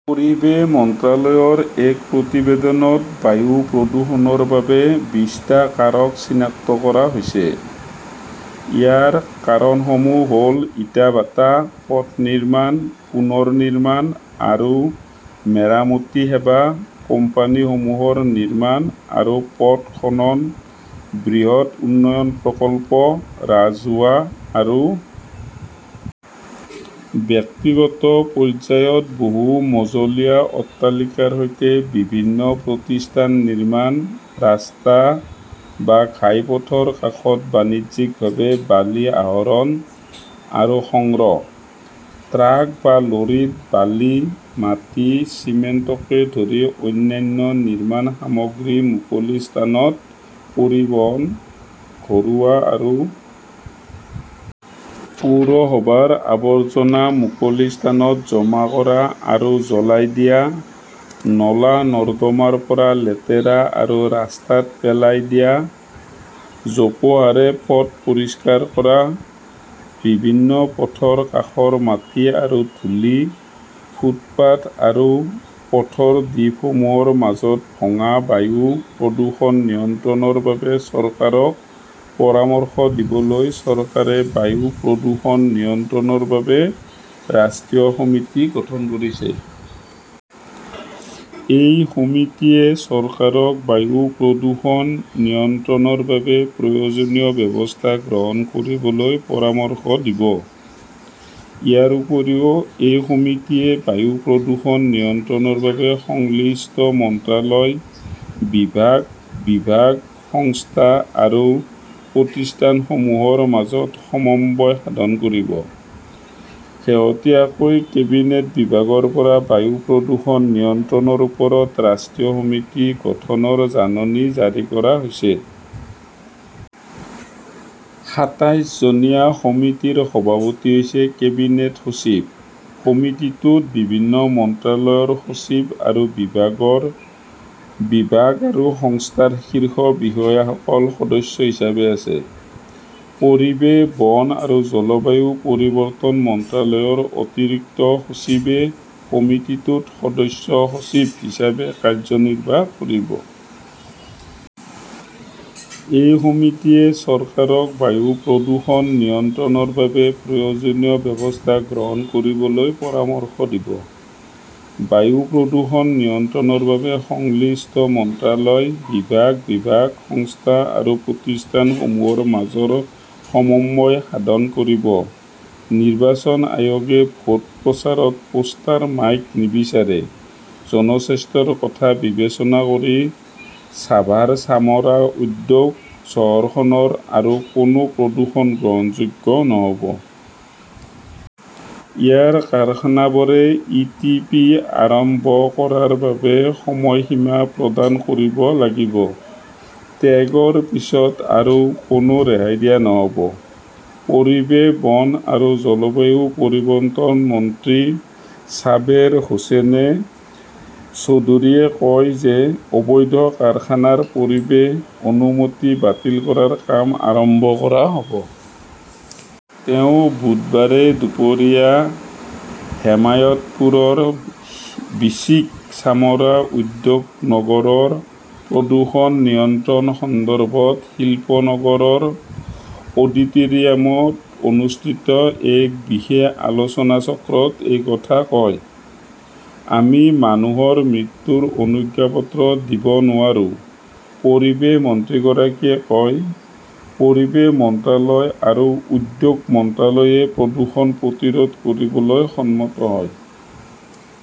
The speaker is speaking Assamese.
পৰিৱেশ মন্ত্ৰালয়ৰ এক প্ৰতিবেদনত বায়ু প্ৰদূষণৰ বাবে বিছটা কাৰক চিনাক্ত কৰা হৈছে। ইয়াৰ কাৰণসমূহ হ'ল ইটাভাটা, পথ নিৰ্মাণ, পুনৰ নিৰ্মাণ আৰু মেৰামতি সেৱা, কোম্পানীসমূহৰ নিৰ্মাণ আৰু পথ খনন, বৃহৎ উন্নয়ন প্ৰকল্প, ৰাজহুৱা আৰু ব্যক্তিগত পৰ্যায়ত বহু মজলীয়া অট্টালিকাৰ সৈতে বিভিন্ন প্ৰতিষ্ঠান নিৰ্মাণ, ৰাস্তা বা ঘাইপথৰ কাষত বাণিজ্যিকভাৱে বালি আহৰণ আৰু সংগ্ৰহ, ট্ৰাক বা লৰীত বালি, মাটি, চিমেণ্টকে ধৰি অন্যান্য নিৰ্মাণ সামগ্ৰী মুকলি স্থানত পৰিবহণ, ঘৰুৱা আৰু পৌৰসভাৰ আৱৰ্জনা মুকলি স্থানত জমা কৰা আৰু জ্বলাই দিয়া, নলা-নৰ্দমাৰ পৰা লেতেৰা আৰু ৰাস্তাত পেলাই দিয়া, জোপোহাৰে পথ পৰিষ্কাৰ কৰা, বিভিন্ন পথৰ কাষৰ মাটি আৰু ধূলি, ফুটপাত আৰু পথৰ দ্বীপসমূহৰ মাজত ভঙা বায়ু প্ৰদূষণ নিয়ন্ত্ৰণৰ বাবে চৰকাৰক পৰামৰ্শ দিবলৈ চৰকাৰে বায়ু প্ৰদূষণ নিয়ন্ত্ৰণৰ বাবে ৰাষ্ট্ৰীয় সমিতি গঠন কৰিছে। এই সমিতিয়ে চৰকাৰক বায়ু প্ৰদূষণ নিয়ন্ত্ৰণৰ বাবে প্ৰয়োজনীয় ব্যৱস্থা গ্ৰহণ কৰিবলৈ পৰামৰ্শ দিব। ইয়াৰ উপৰিও, এই সমিতিয়ে বায়ু প্ৰদূষণ নিয়ন্ত্ৰণৰ বাবে সংশ্লিষ্ট মন্ত্ৰালয়, বিভাগ, বিভাগ, সংস্থা আৰু প্ৰতিষ্ঠানসমূহৰ মাজত সমন্বয় সাধন কৰিব। শেহতীয়াকৈ কেবিনেট বিভাগৰ পৰা বায়ু প্ৰদূষণ নিয়ন্ত্ৰণৰ ওপৰত ৰাষ্ট্ৰীয় সমিতি গঠনৰ জাননী জাৰি কৰা হৈছিল। সাতাইছ জনীয়া সমিতিৰ সভাপতি হৈছে কেবিনেট সচিব। সমিতিটোত বিভিন্ন মন্ত্ৰালয়ৰ সচিব আৰু বিভাগৰ বিভাগ আৰু সংস্থাৰ শীৰ্ষ বিষয়াসকল সদস্য হিচাপে আছে। পৰিৱেশ, বন আৰু জলবায়ু পৰিৱৰ্তন মন্ত্ৰালয়ৰ অতিৰিক্ত সচিবে সমিতিটোত সদস্য সচিব হিচাপে কাৰ্যনিৰ্বাহ কৰিব। এই সমিতিয়ে চৰকাৰক বায়ু প্ৰদূষণ নিয়ন্ত্ৰণৰ বাবে প্ৰয়োজনীয় ব্যৱস্থা গ্ৰহণ কৰিবলৈ পৰামৰ্শ দিব। বায়ু প্ৰদূষণ নিয়ন্ত্ৰণৰ বাবে সংশ্লিষ্ট মন্ত্ৰালয়, বিভাগ, বিভাগ, সংস্থা আৰু প্ৰতিষ্ঠানসমূহৰ মাজত সমন্বয় সাধন কৰিব। নিৰ্বাচন আয়োগে ভোট প্ৰচাৰত পোষ্টাৰ মাইক নিবিচাৰে জনস্বাস্থ্যৰ কথা বিবেচনা কৰি ছাভাৰ চামৰা উদ্যোগ চহৰখনৰ আৰু কোনো প্ৰদূষণ গ্ৰহণযোগ্য নহ'ব। ইয়াৰ কাৰখানাবোৰে ই. টি. পি. আৰম্ভ কৰাৰ বাবে সময়সীমা প্ৰদান কৰিব লাগিব। ত্যাগৰ পিছত আৰু কোনো ৰেহাই দিয়া নহ'ব। পৰিৱেশ, বন আৰু জলবায়ু পৰিৱৰ্তন মন্ত্ৰী ছাবেৰ হোসেন চৌধুৰীয়ে কয় যে, অবৈধ কাৰখানাৰ পৰিৱেশ অনুমতি বাতিল কৰাৰ কাম আৰম্ভ কৰা হ'ব। তেওঁ বুধবাৰে দুপৰীয়া হেমায়তপুৰৰ বিসিক চামৰা উদ্যোগ নগৰৰ প্ৰদূষণ নিয়ন্ত্ৰণ সন্দৰ্ভত শিল্পনগৰৰ অডিট'ৰিয়ামত অনুষ্ঠিত এক বিশেষ আলোচনাচক্ৰত এই কথা কয়। আমি মানুহৰ মৃত্যুৰ অনুজ্ঞাপত্ৰ দিব নোৱাৰো, পৰিৱেশ মন্ত্ৰীগৰাকীয়ে কয়। পৰিৱেশ মন্ত্ৰালয় আৰু উদ্যোগ মন্ত্ৰালয়ে প্ৰদূষণ প্ৰতিৰোধ কৰিবলৈ সন্মত হয়।